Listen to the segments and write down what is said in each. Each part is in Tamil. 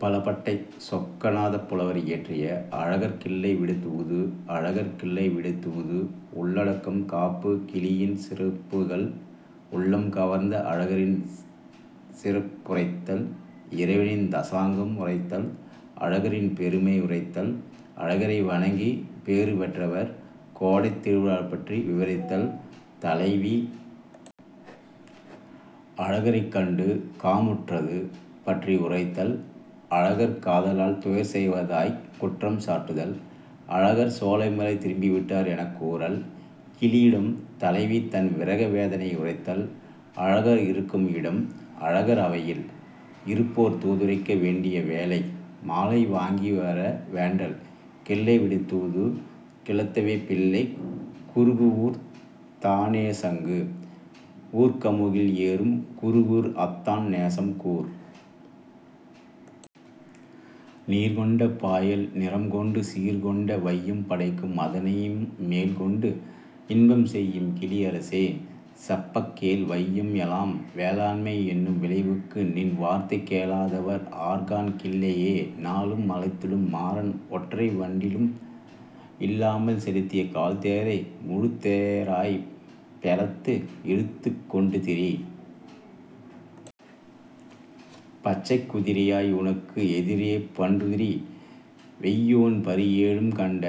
பலபட்டை சொக்கநாதப் புலவர் இயற்றிய அழகர் கிள்ளை விடு தூது அழகர் கிள்ளை விடுதூது உள்ளடக்கம் காப்பு கிளியின் சிறப்புகள் உள்ளம் கவர்ந்த அழகரின் சிறப்புரைத்தல் இறைவனின் தசாங்கம் உரைத்தல் அழகரின் பெருமை உரைத்தல் அழகரை வணங்கி பேறு பெற்றவர் கோடைத் திருவிழாபற்றி விவரித்தல் தலைவி அழகரைக் கண்டு காமுற்றது பற்றி உரைத்தல் அழகர் காதலால் துயர் செய்வதாய்க் குற்றம் சாட்டுதல் அழகர் சோலைமலை திரும்பிவிட்டார் எனக் கூறல் கிளியிடம் தலைவி தன் விரக வேதனை உரைத்தல் அழகர் இருக்கும் இடம் அழகர் அவையில் இருப்போர் தூதுரைக்க வேண்டிய வேளை மாலை வாங்கிவர வேண்டல் கிள்ளைவிடு தூது கிளத்தவே பிள்ளைக் குருகுஊரத் தானேசங்கு ஊர்கமுகில் ஏறும் குருகூர் அத்தான் நேசம் கூர். நீர்கொண்ட பாயல் நிறம்கொண்டு சீர்கொண்ட வையம் படைக்கும் மதனையும் மேல் கொண்டு இன்பம் செய்யும் கிளியரசே செப்பக்கேள் வையம்எலாம் வேளாண்மை என்னும் விளைவுக்கு நின்வார்த்தை கேளாதவர் ஆர்காண் கிள்ளையே நாளும் மலைத்திடும் மாரன் ஒற்றை வண்டிலும் இல்லாமல் செலுத்திய கால்தேரை முழுத்தேராய் பெலத்து இழுத்துக் கொண்டுதிரி பச்சைக் குதிராய் உனக்கு எதிரோ பண்டுதிரி வெய்யோன் பரிஏழும் கண்ட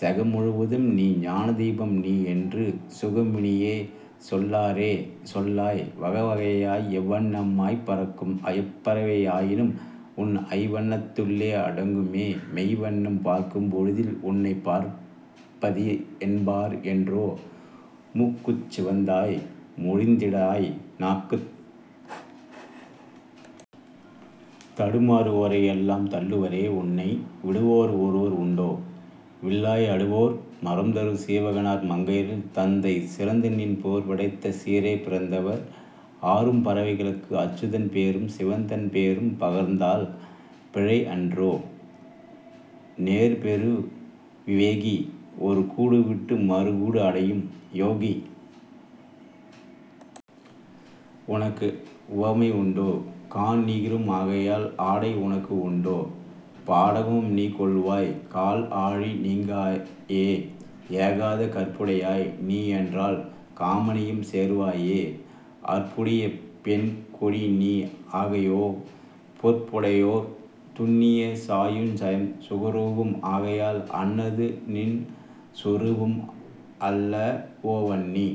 செகம்முழுதும் நீ ஞானதீபமும் நீ என்று சுகமுனியே சொல்லாரோ சொல்லாய் வகைவகையாய் எவ்வண்ணமாய்ப் பறக்கும் எப்பறவை ஆயினும்உன் ஐவண்ணத்துள்ளே அடங்குமே மெய்வண்ணம் பார்க்கும்பொழுதில் உனைப் பார்ப்பதி என்பார் என்றோ மூக்குச் சிவந்தாய் மொழிந்திடாய் நாக்குத் தடுமாறுவோரை எல்லாம் தள்ளுவரே உன்னை விடுவார் ஒருவர் உண்டோ விள்ளாய் அடுபோர் மறம்தரு சீவகனார் மங்கையரில் தத்தை சிறந்ததுநின் பேர்படைத்த சீரே பிறந்தவர் ஆரும் பறவைகளுக்கு அச்சுதன் பேரும் சிவன்தன் பேரும் பகர்ந்தால் பிழைஅன்றோ நேர்பெறு வி வேகி ஒருகூடு விட்டு மறு கூடுஅடையும் யோகி உனக்கு உவமை உண்டோ காண் நீகீரம் ஆகையால் ஆடை உனக்கு உண்டே பாடகமும் நீ கொள்வாய் கால்ஆழி நீங்காயே ஏகாத கற்புடையாய் நீ என்றால் காமனையும் சேர்வாயே அற்புடைய பெண்கொடி நீ ஆகாயோ பொற்புடையோர் துன்னிய சாயுச்யம் சுகரூபம் ஆகையால் அன்னது நின்சொரூபம் அல்லவோ வன்னி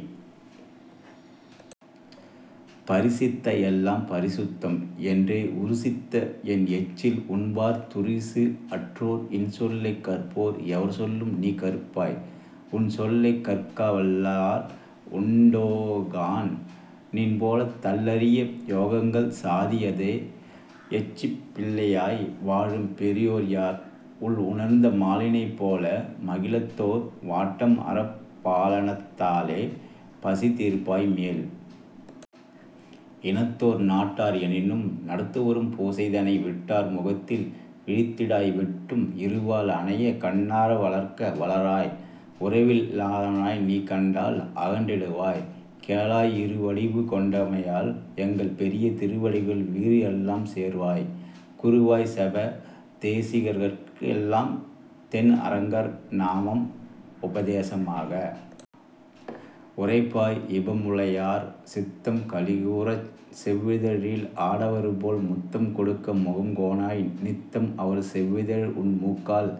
பரிசித்த எல்லாம் பரிசுத்தம் என்றோ உருசித்த உன்எச்சில் உண்பார் துரிசு அற்றோர் இன்சொல்லைக் கற்பார் எவர்சொல்லும் நீகற்பாய் உன்சொல்லைக் கற்கவல்லார் உண்டோகாண் நின்போலத் தள்ளரிய யோகங்கள் சாதியாதே பச்சைப் பிள்ளையாய் வாழும் பெரியோர்யார் உள்உணர்ந்த மாலினைப் போல மகிதலத்தோர் வாட்டம்அறப் பாலனத்தாலே பசி தீர்ப்பாய் மேல் இனத்தோர் நட்டார் எனினும் நடந்துவரும் பூசைதனை விட்டார் முகத்தில் விழித்திடாய் வெட்டும் இரு வாள்அனைய கண்ணார் வளர்க்க வளர்வாய் உறவில் லாளனைநீ கண்டால் அகன்றிடுவாய் கேளாய் இருவடிவு கொண்டமையால் எங்கள் பெரிய திருவடிகள் வீறுஎல்லாம் சேர்வாய் குருவாய்ச் செப தேசிகர்க்கு எல்லாம் தென்அரங்கர் நாமம் உபதேசமாக உரைப்பாய் இபமுலையார் சித்தம் களிகூரச் செவ்விதழில் ஆடவர்போல் முத்தம் கொடுக்க முகம் கோணாய் நித்தம் அவர் செவ்விதழ்உன் மூக்கால்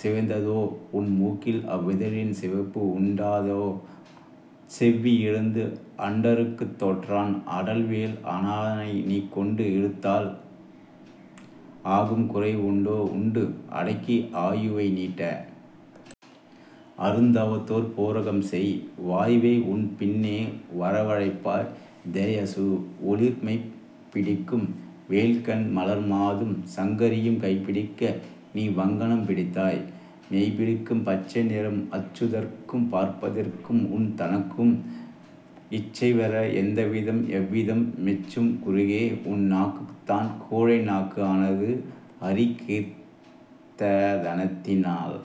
சிவந்ததோ உன்மூக்கில் அவ்விதழின் சிவப்பு உண்டானதோ செவ்வி இழந்து அண்டருக்குத் தோற்றான் அடல்வேள் ஆநானைநீ கொண்டு இழுத்தால் ஆகும் குறைஉண்டோ உண்டு அடக்கி ஆயுவை நீட்ட அருந்தவத்தோர் பூரகம்செய் வாயுவைஉன் பின்னே வரவழைப்பாய் தேயசு ஒளிர் மைப்பிடிக்கும் வேல்கண் மலர்மாதும் சங்கரியும் கைப்பிடிக்க நீ வங்கணம் பிடித்தாய் மெய்ப்பிடிக்கும் பச்சை நிறம் அச்சுதற்கும் பார்ப்பதிக்கும் உன்தனக்கும் இச்சைபெற வந்தவிதம் எந்தவிதம் மெச்சும் குருகே உன் நாக்குத்தான் கூழை நாக்கு ஆனது அரி கீர்த்தனத்தினால்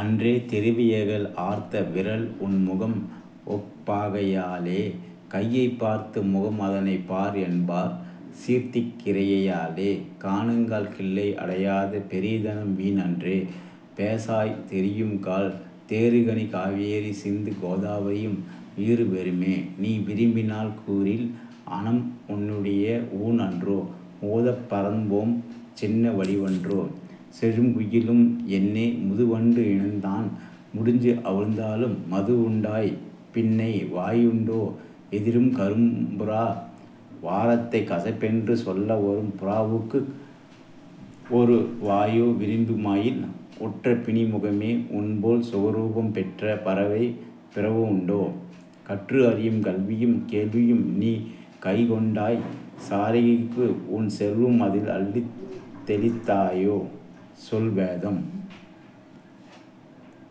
அன்றோ தெரிவையர்கள் ஆர்த்த விரல் உன்முகம் ஒப்பாகையாலே கையைப் பார்த்து முகம்அதனைப் பார்என்பார் சீர்த்திக் கிரியையிலே காணுங்கால் கிள்ளை அடையாத பெரியதனம் வீண்அன்றோ பேசாய் தெரியும்கால் தேறுகனி காவேரி சிந்து கோதாவிரியும் வீறுபெறுமே நீ விரும்பினால் கூறில் அனம் உன்னுடைய ஊண்அன்றோ ஊதப் பறந்துபோம் சின்ன வடிவன்றோ செழும்குயிலும் என்னே முதுவண்டு இனந்தான் முடிச்சு அவிழ்த்தாலும் மதுஉண்டாய் பின்னை வாயுண்டோ எதிரும் கரும்புறா வாரத்தை கசப்பென்று சொல்ல வரும் புறாவுக்கும் ஒரு வாயோ விரும்புமயில் உற்ற பிணிமுகமே உன்போல் சுகரூபம் பெற்ற பறவை பிறவுண்டோ கற்று அறியும் கல்வியும் கேள்வியும் நீ கைக்கொண்டாய் சாரிகைக்குஉன் செல்வம் அதில் அள்ளித் தௌித்தாயோ சொல் வேதம்।